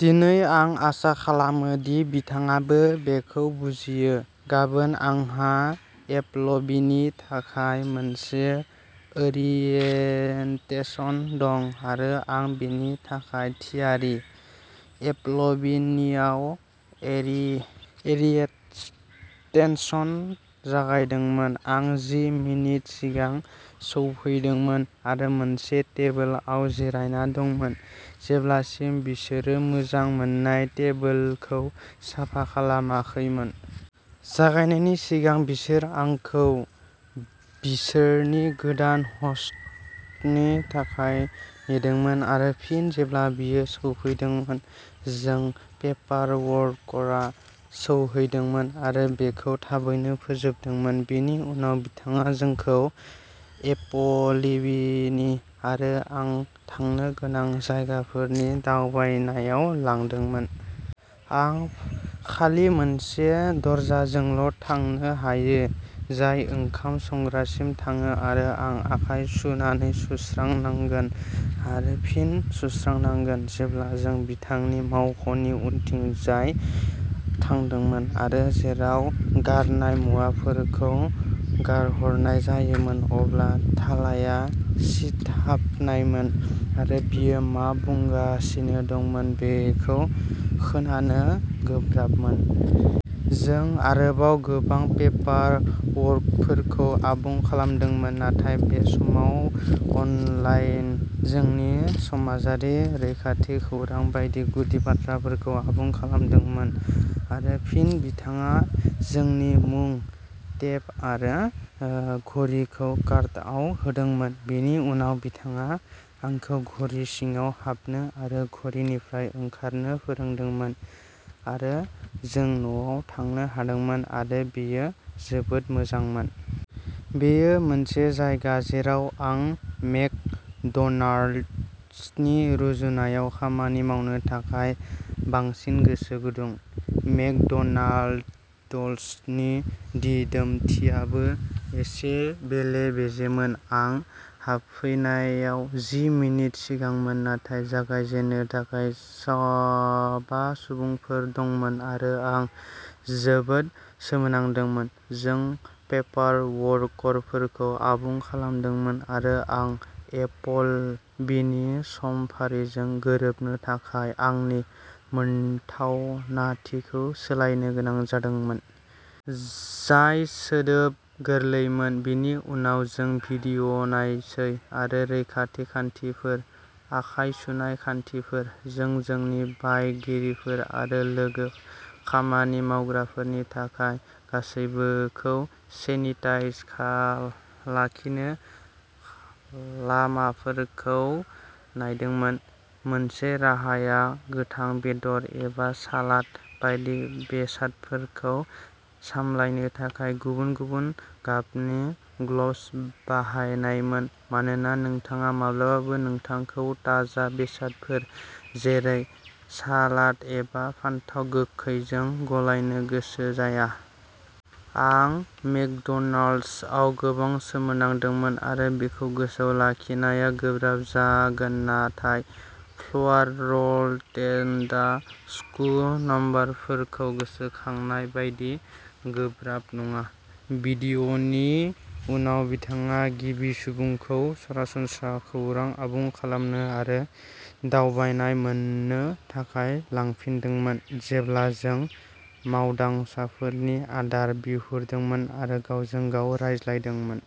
दिनै, आं आसा खालामो दि बिथाङाबो बेखौ बुजियो। गाबोन, आंहा एपलबिनि थाखाय मोनसे ओरियेन्टेशन दं आरो आं बेनि थाखाय थियारि। एपलबिनिआव एरि ओरियेन्टेशन जागायदोंमोन। आं जि मिनिट सिगां सौफैदोंमोन आरो मोनसे टेबोलाव जिरायना दंमोन जेब्लासिम बिसोरो मोजां मोन्नाय टेबोलखौ साफा खालामाखैमोन। जागायनायनि सिगां, बिसोर आंखौ बिसोरनि गोदान ह'स्टनि थाखाय नेदोंमोन आरो फिन जेब्ला बियो सौफैदोंमोन, जों पेपारवर्कआव सौहैदोंमोन आरो बेखौ थाबैनो फोजोबदोंमोन। बिनि उनाव बिथाङा जोंखौ एपलबिनि आरो आं थानो गोनां जायगाफोरनि दावबायनायाव लांदोंमोन। आं खालि मोनसे दरजाजोंल'थांनो हायो जाय ओंखाम संग्रासिम थाङो आरो आं आखाइ सुनानै सुस्रानांगोन आरो फिन सुस्रानांगोन। जेब्ला जों बिथांनि मावख'नि उनथिंजाय थांदोंमोन आरो जेराव गारनाय मुवाफोरखौ गारहरनाय जायोमोन, अब्ला थालाया सिथाबनायमोन आरो बियो मा बुंगासिनो दंमोन बेखौ खोनानो गोब्राबमोन। जों आरोबाव गोबां पेपारवर्कफोरखौ आबुं खालामदोंमोन, नाथाय बे समाव अनलाइन जोंनि समाजारि रैखाथि खौरां बायदि गुदि बाथ्राफोरखौ आबुं खालामदोंमोन आरो फिन बिथाङा जोंनि मुं टेग आरो घरिखौ कार्डआव होदोंमोन। बेनि उनाव, बिथाङा आंखौ घरि सिङाव हाबनो आरो घरिनिफ्राय ओंखारनो फोरोंदोंमोन आरो जों न'आव थांनो हादोंमोन आरो बेयो जोबोद मोजांमोन। बेयो मोनसे जायगा जेराव आं मेकड'नाल्ड्सनि रुजुनायाव खामानि मावनो थाखाय बांसिन गोसो गुदुं। मेकड'नाल्ड्सनि दिदोमथिआबो एसे बेले-बेजेमोन। आं हाबफैनायाव जि मिनिट सिगांमोन नाथाय जागायजेननो थाखाय साबा सुबुंफोर दंमोन आरो आं जोबोद सोमोनांदोंमोन। जों पेपारवर्कफोरखौ आबुं खालामदोंमोन आरो आं एपलबिनि समफारिजों गोरोबनो थाखाय आंनि मोनथावनाथिखौ सोलायनो गोनां जादोंमोन। जाय सोदोब गोरलैमोन। बेनि उनाव जों भिडिअ'नायसै आरो रैखाथि खान्थिफोर, आखाइ सुनाय खान्थिफोर, आरो जोंनि बायगिरिफोर आरो लोगो खामानि मावग्राफोरनि थाखाय गासैबोखौ सेनिताइज लाखिनो लामाफोरखौ नायदोंमोन। मोनसे राहाया गोथां बेदर एबा सालाद बायदि बेसादफोरखौ सामलायनो थाखाय गुबुन-गुबुन गाबनि ग्लब्स बाहायनायमोन मानोना नोंथाङा माब्लाबाबो गोथांखौ ताजा बेसादफोर जेरै सालाद एबा फानथाव गोखैजों गलायनो गोसो जाया। आं मेकड'नाल्ड्सआव गोबां सोलोंदोंमोन आरो बेखौ गोसोआव लाखिनाया गोब्राब जागोन नाथाय फ्लावरलेन्डआव स्कु नम्बरफोरखौ गोसोखांनाय बायदि गोब्राब नङा। भिडिअ'नि उनाव बिथाङा गिबि सुबुंखौ सरासनस्रा खौरां आबुं खालामनो आरो दावबायनाय मोन्नो थाखाय लांफिनदोंमोन जेब्ला जों मावदांसाफोरनि आदार बिहरदोंमोन आरो गावजों-गाव रायज्लायदोंमोन।